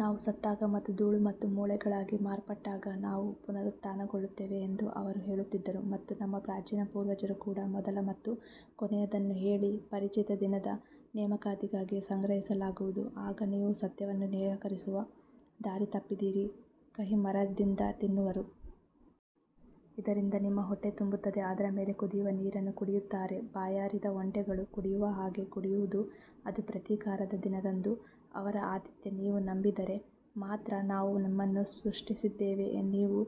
ನಾವು ಸತ್ತಾಗ ಮತ್ತು ಧೂಳು ಮತ್ತು ಮೂಳೆಗಳಾಗಿ ಮಾರ್ಪಟ್ಟಾಗ ನಾವು ಪುನರುತ್ಥಾನಗೊಳ್ಳುತ್ತೇವೆ ಎಂದು ಅವರು ಹೇಳುತ್ತಿದ್ದರು ಮತ್ತು ನಮ್ಮ ಪ್ರಾಚೀನ ಪೂರ್ವಜರು ಕೂಡ ಮೊದಲ ಮತ್ತು ಕೊನೆಯದನ್ನು ಹೇಳಿ ಪರಿಚಿತ ದಿನದ ನೇಮಕಾತಿಗಾಗಿ ಸಂಗ್ರಹಿಸಲಾಗುವುದು ಆಗ ನೀವು ಸತ್ಯವನ್ನು ನಿರಾಕರಿಸುವ ದಾರಿ ತಪ್ಪಿದಿರಿ ಕಹಿಮರದಿಂದ ತಿನ್ನುವರು ಇದರಿಂದ ನಿಮ್ಮ ಹೊಟ್ಟೆ ತುಂಬುತ್ತದೆ ಅದರ ಮೇಲೆ ಕುದಿಯುವ ನೀರನ್ನು ಕುಡಿಯುತ್ತಾರೆ ಬಾಯಾರಿದ ಒಂಟೆಗಳು ಕುಡಿಯುವ ಹಾಗೆ ಕುಡಿಯುವುದು ಅದು ಪ್ರತೀಕಾರದ ದಿನದಂದು ಅವರ ಆತಿಥ್ಯ ನೀವು ನಂಬಿದರೆ ಮಾತ್ರ ನಾವು ನಿಮ್ಮನ್ನು ಸೃಷ್ಟಿಸಿದ್ದೇವೆ ನೀವು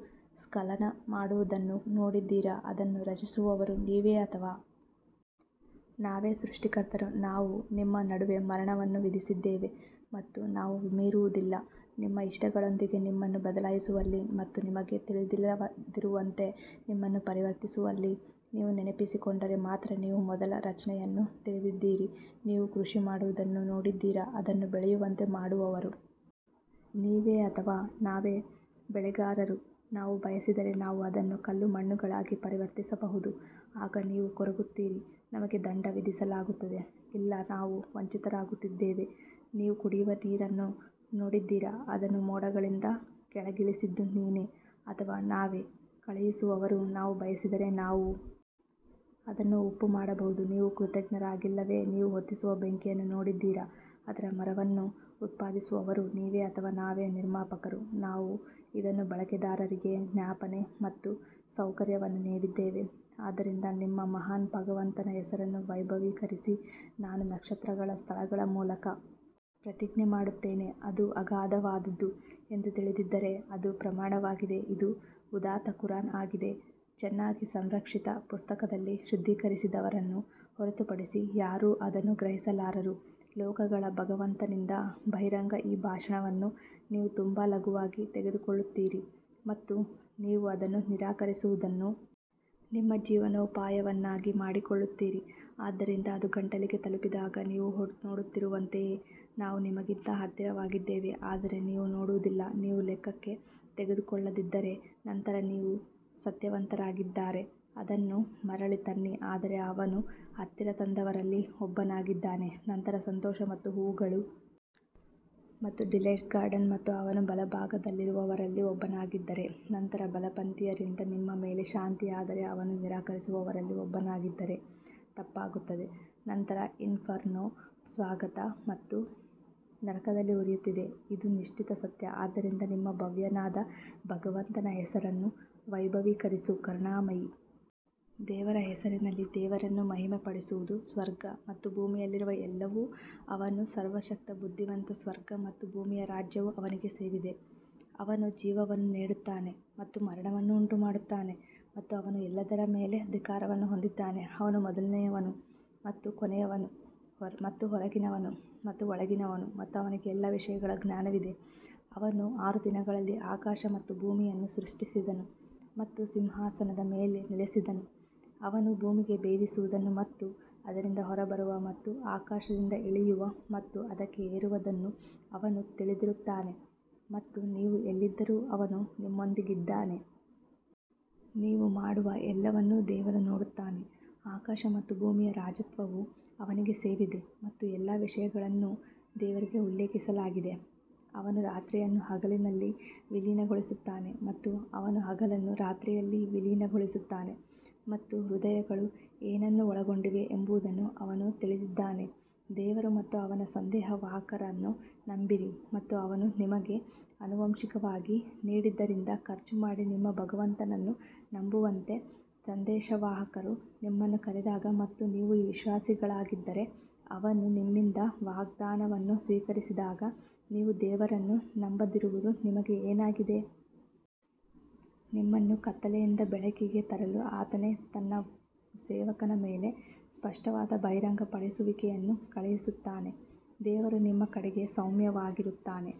ಸ್ಖಲನ ಮಾಡುವುದನ್ನು ನೋಡಿದ್ದೀರಾ ಅದನ್ನು ರಚಿಸುವವರು ನೀವೇ ಅಥವಾ ನಾವೇ ಸೃಷ್ಟಿಕರ್ತರು ನಾವು ನಿಮ್ಮ ನಡುವೆ ಮರಣವನ್ನು ವಿಧಿಸಿದ್ದೇವೆ ಮತ್ತು ನಾವು ಮೀರುವುದಿಲ್ಲ ನಿಮ್ಮ ಇಷ್ಟಗಳೊಂದಿಗೆ ನಿಮ್ಮನ್ನು ಬದಲಾಯಿಸುವಲ್ಲಿ ಮತ್ತು ನಿಮಗೆ ತಿಳಿದಿಲ್ಲದಿರುವಂತೆ ನಿಮ್ಮನ್ನು ಪರಿವರ್ತಿಸುವಲ್ಲಿ ನೀವು ನೆನಪಿಸಿಕೊಂಡರೆ ಮಾತ್ರ ನೀವು ಮೊದಲ ರಚನೆಯನ್ನು ತಿಳಿದಿದ್ದೀರಿ ನೀವು ಕೃಷಿ ಮಾಡುವುದನ್ನು ನೋಡಿದ್ದೀರಾ ಅದನ್ನು ಬೆಳೆಯುವಂತೆ ಮಾಡುವವರು ನೀವೇ ಅಥವಾ ನಾವೇ ಬೆಳೆಗಾರರು ನಾವು ಬಯಸಿದರೆ ನಾವು ಅದನ್ನು ಕಲ್ಲುಮಣ್ಣುಗಳಾಗಿ ಪರಿವರ್ತಿಸಬಹುದು ಆಗ ನೀವು ಕೊರಗುತ್ತೀರಿ ನಮಗೆ ದಂಡ ವಿಧಿಸಲಾಗುತ್ತದೆ ಇಲ್ಲ ನಾವು ವಂಚಿತರಾಗುತ್ತಿದ್ದೇವೆ ನೀವು ಕುಡಿಯುವ ನೀರನ್ನು ನೋಡಿದ್ದೀರಾ ಅದನ್ನು ಮೋಡಗಳಿಂದ ಕೆಳಗಿಳಿಸಿದ್ದು ನೀನೇ ಅಥವಾ ನಾವೇ ಕಳುಹಿಸುವವರು ನಾವು ಬಯಸಿದರೆ ನಾವು ಅದನ್ನು ಉಪ್ಪು ಮಾಡಬಹುದು ನೀವು ಕೃತಜ್ಞರಾಗಿಲ್ಲವೇ ನೀವು ಹೊತ್ತಿಸುವ ಬೆಂಕಿಯನ್ನು ನೋಡಿದ್ದೀರಾ ಅದರ ಮರವನ್ನು ಉತ್ಪಾದಿಸುವವರು ನೀವೇ ಅಥವಾ ನಾವೇ ನಿರ್ಮಾಪಕರು ನಾವು ಇದನ್ನು ಬಳಕೆದಾರರಿಗೆ ಜ್ಞಾಪನೆ ಮತ್ತು ಸೌಕರ್ಯವನ್ನು ನೀಡಿದ್ದೇವೆ ಆದ್ದರಿಂದ ನಿಮ್ಮ ಮಹಾನ್ ಭಗವಂತನ ಹೆಸರನ್ನು ವೈಭವೀಕರಿಸಿ ನಾನು ನಕ್ಷತ್ರಗಳ ಸ್ಥಳಗಳ ಮೂಲಕ ಪ್ರತಿಜ್ಞೆ ಮಾಡುತ್ತೇನೆ ಅದು ಅಗಾಧವಾದದ್ದು ಎಂದು ತಿಳಿದಿದ್ದರೆ ಅದು ಪ್ರಮಾಣವಾಗಿದೆ ಇದು ಉದಾತ್ತ ಕುರಾನ್ ಆಗಿದೆ ಚೆನ್ನಾಗಿ ಸಂರಕ್ಷಿತ ಪುಸ್ತಕದಲ್ಲಿ ಶುದ್ಧೀಕರಿಸಿದವರನ್ನು ಹೊರತುಪಡಿಸಿ ಯಾರೂ ಅದನ್ನು ಗ್ರಹಿಸಲಾರರು ಲೋಕಗಳ ಭಗವಂತನಿಂದ ಬಹಿರಂಗ ಈ ಭಾಷಣವನ್ನು ನೀವು ತುಂಬಾ ಲಘುವಾಗಿ ತೆಗೆದುಕೊಳ್ಳುತ್ತೀರಿ ಮತ್ತು ನೀವು ಅದನ್ನು ನಿರಾಕರಿಸುವುದನ್ನು ನಿಮ್ಮ ಜೀವನೋಪಾಯವನ್ನಾಗಿ ಮಾಡಿಕೊಳ್ಳುತ್ತೀರಿ ಆದ್ದರಿಂದ ಅದು ಗಂಟಲಿಗೆ ತಲುಪಿದಾಗ ನೀವು ನೋಡುತ್ತಿರುವಂತೆಯೇ ನಾವು ನಿಮಗಿಂತ ಹತ್ತಿರವಾಗಿದ್ದೇವೆ ಆದರೆ ನೀವು ನೋಡುವುದಿಲ್ಲ ನೀವು ಲೆಕ್ಕಕ್ಕೆ ತೆಗೆದುಕೊಳ್ಳದಿದ್ದರೆ ನಂತರ ನೀವು ಸತ್ಯವಂತರಾಗಿದ್ದರೆ ಅದನ್ನು ಮರಳಿ ತನ್ನಿ ಆದರೆ ಅವನು ಹತ್ತಿರ ತಂದವರಲ್ಲಿ ಒಬ್ಬನಾಗಿದ್ದರೆ ನಂತರ ಸಂತೋಷ ಮತ್ತು ಹೂವುಗಳು ಮತ್ತು ಡಿಲೈಟ್ಸ್ ಗಾರ್ಡನ್ ಮತ್ತು ಅವನು ಬಲಭಾಗದಲ್ಲಿರುವವರಲ್ಲಿ ಒಬ್ಬನಾಗಿದ್ದರೆ ನಂತರ ಬಲಪಂಥೀಯರಿಂದ ನಿಮ್ಮ ಮೇಲೆ ಶಾಂತಿ ಆದರೆ ಅವನು ನಿರಾಕರಿಸುವವರಲ್ಲಿ ಒಬ್ಬನಾಗಿದ್ದರೆ ತಪ್ಪಾಗುತ್ತದೆ ನಂತರ ಇನ್ಫರ್ನೊ ಸ್ವಾಗತ ಮತ್ತು ನರಕದಲ್ಲಿ ಉರಿಯುತ್ತಿದೆ ಇದು ನಿಶ್ಚಿತ ಸತ್ಯ ಆದ್ದರಿಂದ ನಿಮ್ಮ ಭವ್ಯನಾದ ಭಗವಂತನ ಹೆಸರನ್ನು ವೈಭವೀಕರಿಸು ಕರುಣಾಮಯಿ ದೇವರ ಹೆಸರಿನಲ್ಲಿ ದೇವರನ್ನು ಮಹಿಮೆಪಡಿಸುವುದು ಸ್ವರ್ಗ ಮತ್ತು ಭೂಮಿಯಲ್ಲಿರುವ ಎಲ್ಲವೂ ಅವನು ಸರ್ವಶಕ್ತ ಬುದ್ಧಿವಂತ ಸ್ವರ್ಗ ಮತ್ತು ಭೂಮಿಯ ರಾಜ್ಯವು ಅವನಿಗೆ ಸೇರಿದೆ, ಅವನು ಜೀವವನ್ನು ನೀಡುತ್ತಾನೆ ಮತ್ತು ಮರಣವನ್ನು ಉಂಟುಮಾಡುತ್ತಾನೆ ಮತ್ತು ಅವನು ಎಲ್ಲದರ ಮೇಲೆ ಅಧಿಕಾರವನ್ನು ಹೊಂದಿದ್ದಾನೆ ಅವನು ಮೊದಲನೆಯವನು ಮತ್ತು ಕೊನೆಯವನು ಮತ್ತು ಹೊರಗಿನವನು ಮತ್ತು ಒಳಗಿನವನು ಮತ್ತು ಅವನಿಗೆ ಎಲ್ಲಾ ವಿಷಯಗಳ ಜ್ಞಾನವಿದೆ ಅವನು ಆರು ದಿನಗಳಲ್ಲಿ ಆಕಾಶ ಮತ್ತು ಭೂಮಿಯನ್ನು ಸೃಷ್ಟಿಸಿದನು ಮತ್ತು ಸಿಂಹಾಸನದ ಮೇಲೆ ನೆಲೆಸಿದನು, ಅವನು ಭೂಮಿಗೆ ಭೇದಿಸುವುದನ್ನು ಮತ್ತು ಅದರಿಂದ ಹೊರಬರುವ ಮತ್ತು ಆಕಾಶದಿಂದ ಇಳಿಯುವ ಮತ್ತು ಅದಕ್ಕೆ ಏರುವದನ್ನು ಅವನು ತಿಳಿದಿರುತ್ತಾನೆ ಮತ್ತು ನೀವು ಎಲ್ಲಿದ್ದರೂ ಅವನು ನಿಮ್ಮೊಂದಿಗಿದ್ದಾನೆ. ನೀವು ಮಾಡುವ ಎಲ್ಲವನ್ನೂ ದೇವರು ನೋಡುತ್ತಾನೆ ಆಕಾಶ ಮತ್ತು ಭೂಮಿಯ ರಾಜತ್ವವು ಅವನಿಗೆ ಸೇರಿದೆ ಮತ್ತು ಎಲ್ಲಾ ವಿಷಯಗಳನ್ನು ದೇವರಿಗೆ ಉಲ್ಲೇಖಿಸಲಾಗಿದೆ ಅವನು ರಾತ್ರಿಯನ್ನು ಹಗಲಿನಲ್ಲಿ ವಿಲೀನಗೊಳಿಸುತ್ತಾನೆ ಮತ್ತು ಅವನು ಹಗಲನ್ನು ರಾತ್ರಿಯಲ್ಲಿ ವಿಲೀನಗೊಳಿಸುತ್ತಾನೆ ಮತ್ತು ಹೃದಯಗಳು ಏನನ್ನು ಒಳಗೊಂಡಿವೆ ಎಂಬುದನ್ನು ಅವನು ತಿಳಿದಿದ್ದಾನೆ ದೇವರು ಮತ್ತು ಅವನ ಸಂದೇಶವಾಹಕರನ್ನು ನಂಬಿರಿ ಮತ್ತು ಅವನು ನಿಮಗೆ ಆನುವಂಶಿಕವಾಗಿ ನೀಡಿದ್ದರಿಂದ ಖರ್ಚು ಮಾಡಿ ನಿಮ್ಮ ಭಗವಂತನನ್ನು ನಂಬುವಂತೆ ಸಂದೇಶವಾಹಕರು ನಿಮ್ಮನ್ನು ಕರೆದಾಗ ಮತ್ತು ನೀವು ವಿಶ್ವಾಸಿಗಳಾಗಿದ್ದರೆ ಅವನು ನಿಮ್ಮಿಂದ ವಾಗ್ದಾನವನ್ನು ಸ್ವೀಕರಿಸಿದಾಗ ನೀವು ದೇವರನ್ನು ನಂಬದಿರುವುದು ನಿಮಗೆ ಏನಾಗಿದೆ? ನಿಮ್ಮನ್ನು ಕತ್ತಲೆಯಿಂದ ಬೆಳಕಿಗೆ ತರಲು ಆತನೇ ತನ್ನ ಸೇವಕನ ಮೇಲೆ ಸ್ಪಷ್ಟವಾದ ಬಹಿರಂಗಪಡಿಸುವಿಕೆಯನ್ನು ಕಳುಹಿಸುತ್ತಾನೆ, ದೇವರು ನಿಮ್ಮ ಕಡೆಗೆ ಸೌಮ್ಯವಾಗಿರುತ್ತಾನೆ.